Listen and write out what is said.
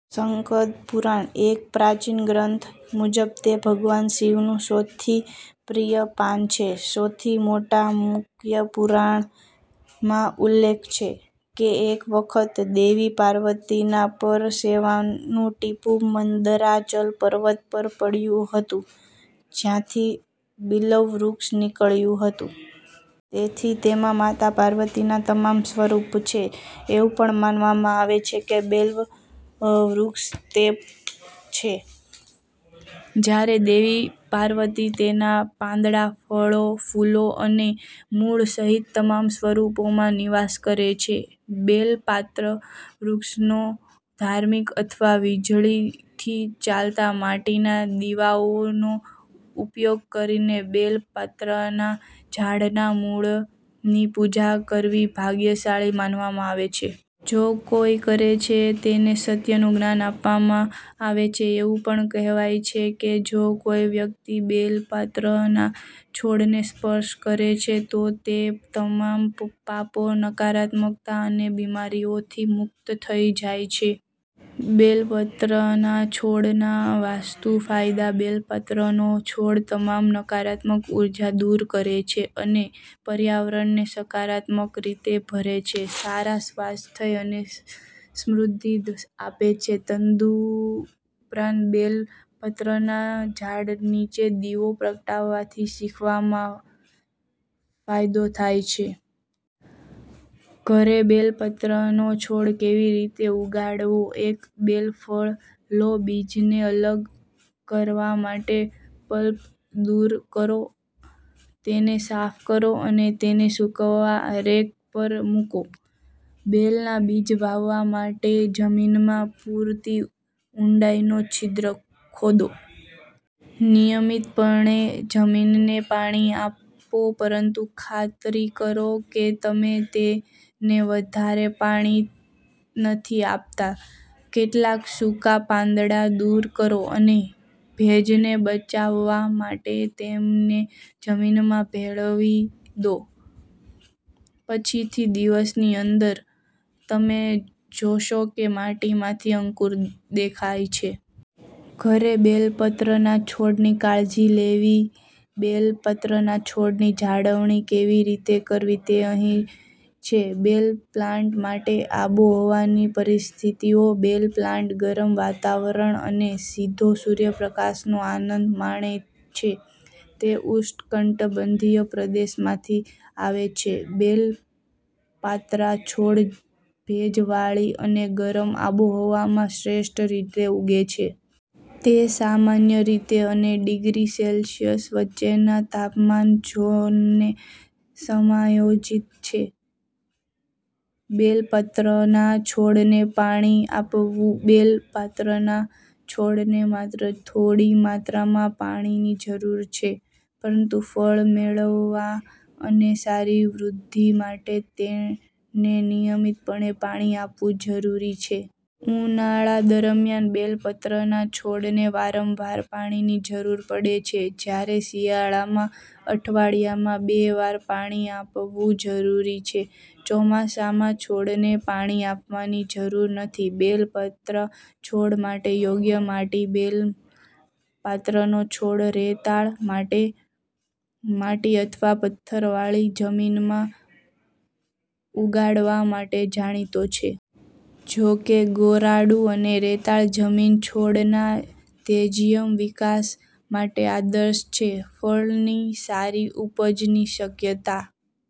સ્કંદ પુરાણ, એક પ્રાચીન ગ્રંથ મુજબ તે ભગવાન શિવનું સૌથી પ્રિય પાન છે. સૌથી મોટા મુક્યપુરાણમાં ઉલ્લેખ છે કે એક વખત દેવી પાર્વતીના પરસેવાનું ટીપું મંદરાચલ પર્વત પર પડ્યું હતું, જ્યાંથી બિલ્વ વૃક્ષ નીકળ્યું હતું. તેથી, તેમાં માતા પાર્વતીના તમામ સ્વરૂપો છે. એવું પણ માનવામાં આવે છે કે બિલ્વ વૃક્ષ તે છે જ્યારે દેવી પાર્વતી તેના પાંદડા, ફળો, ફૂલો અને મૂળ સહિત તમામ સ્વરૂપોમાં નિવાસ કરે છે. બેલ પાત્ર વૃક્ષનો ધાર્મિક અર્થ વીજળીથી ચાલતા માટીના દીવાઓનો ઉપયોગ કરીને બેલ પાત્રના ઝાડના મૂળની પૂજા કરવી ભાગ્યશાળી માનવામાં આવે છે. જે કોઈકરે છે તેને સત્યનું જ્ઞાન આપવામાં આવે છે. એવું પણ કહેવાય છે કે જો કોઈ વ્યક્તિ બેલ પાત્રના છોડને સ્પર્શ કરે છે, તો તે તમામ પાપો, નકારાત્મકતા અને બીમારીઓથી મુક્ત થઈ જાય છે. બેલ પાત્રના છોડના વાસ્તુ ફાયદા બેલ પાત્રનો છોડ તમામ નકારાત્મક ઉર્જા દૂર કરે છે અને પર્યાવરણને સકારાત્મક રીતે ભરે છે, સારા સ્વાસ્થ્ય અને સમૃદ્ધિ આપે છે. તદુપરાંત, બેલ પાત્રના ઝાડ નીચે દીવો પ્રગટાવવાથી શીખવામાં ફાયદો થાય છે. ઘરે બેલ પાત્રાનો છોડ કેવી રીતે ઉગાડવો એક બેલ ફળ લો, બીજને અલગ કરવા માટે પલ્પ દૂર કરો, તેને સાફ કરો અને તેને સૂકવવાના રેક પર મૂકો. બેલના બીજ વાવવા માટે જમીનમાં પૂરતી ઊંડાઈનો છિદ્ર ખોદવો. નિયમિતપણે જમીનને પાણી આપો પરંતુ ખાતરી કરો કે તમે તેને વધારે પાણી નથી આપતા. કેટલાક સૂકા પાંદડા દૂર કરો અને ભેજને બચાવવા માટે તેમને જમીનમાં ભેળવી દો. પછી, થી દિવસની અંદર, તમે જોશો કે માટીમાંથી અંકુર દેખાય છે. ઘરે બેલ પાત્રના છોડની કાળજી લેવી બેલ પાત્રના છોડની જાળવણી કેવી રીતે કરવી તે અહીં છેબેલ પ્લાન્ટ માટે આબોહવાની પરિસ્થિતિઓબેલ પ્લાન્ટ ગરમ વાતાવરણ અને સીધો સૂર્યપ્રકાશનો આનંદ માણે છે. તે ઉષ્ણકટિબંધીય પ્રદેશમાંથી આવે છે, બેલ પાત્રા છોડ ભેજવાળી અને ગરમ આબોહવામાં શ્રેષ્ઠ રીતે ઉગે છે. તે સામાન્ય રીતે અને ડિગ્રી સેલ્સિયસ વચ્ચેના તાપમાન ઝોનને સમાયોજિત કરે છે. બેલ પાત્રના છોડને પાણી આપવુંબેલ પાત્રના છોડને માત્ર થોડી માત્રામાં પાણીની જરૂર હોય છે. પરંતુ ફળ મેળવવા અને સારી વૃદ્ધિ માટે, તેને નિયમિતપણે પાણી આપવું જરૂરી છે. ઉનાળા દરમિયાન, બેલ પાત્રના છોડને વારંવાર પાણીની જરૂર પડે છે, જ્યારે શિયાળામાં અઠવાડિયામાં બે વાર પાણી આપવું જરૂરી છે. ચોમાસામાં, છોડને પાણી આપવાની જરૂર નથી. બેલ પાત્રા છોડ માટે યોગ્ય માટીબેલ પાત્રાનો છોડ રેતાળ, માટી અથવા પથ્થરવાળી જમીનમાં ઉગાડવા માટે જાણીતો છે. જો કે, ગોરાડુ અને રેતાળ જમીન છોડના તેજીમય વિકાસ માટે આદર્શ છે. ફળની સારી ઉપજની શક્યતા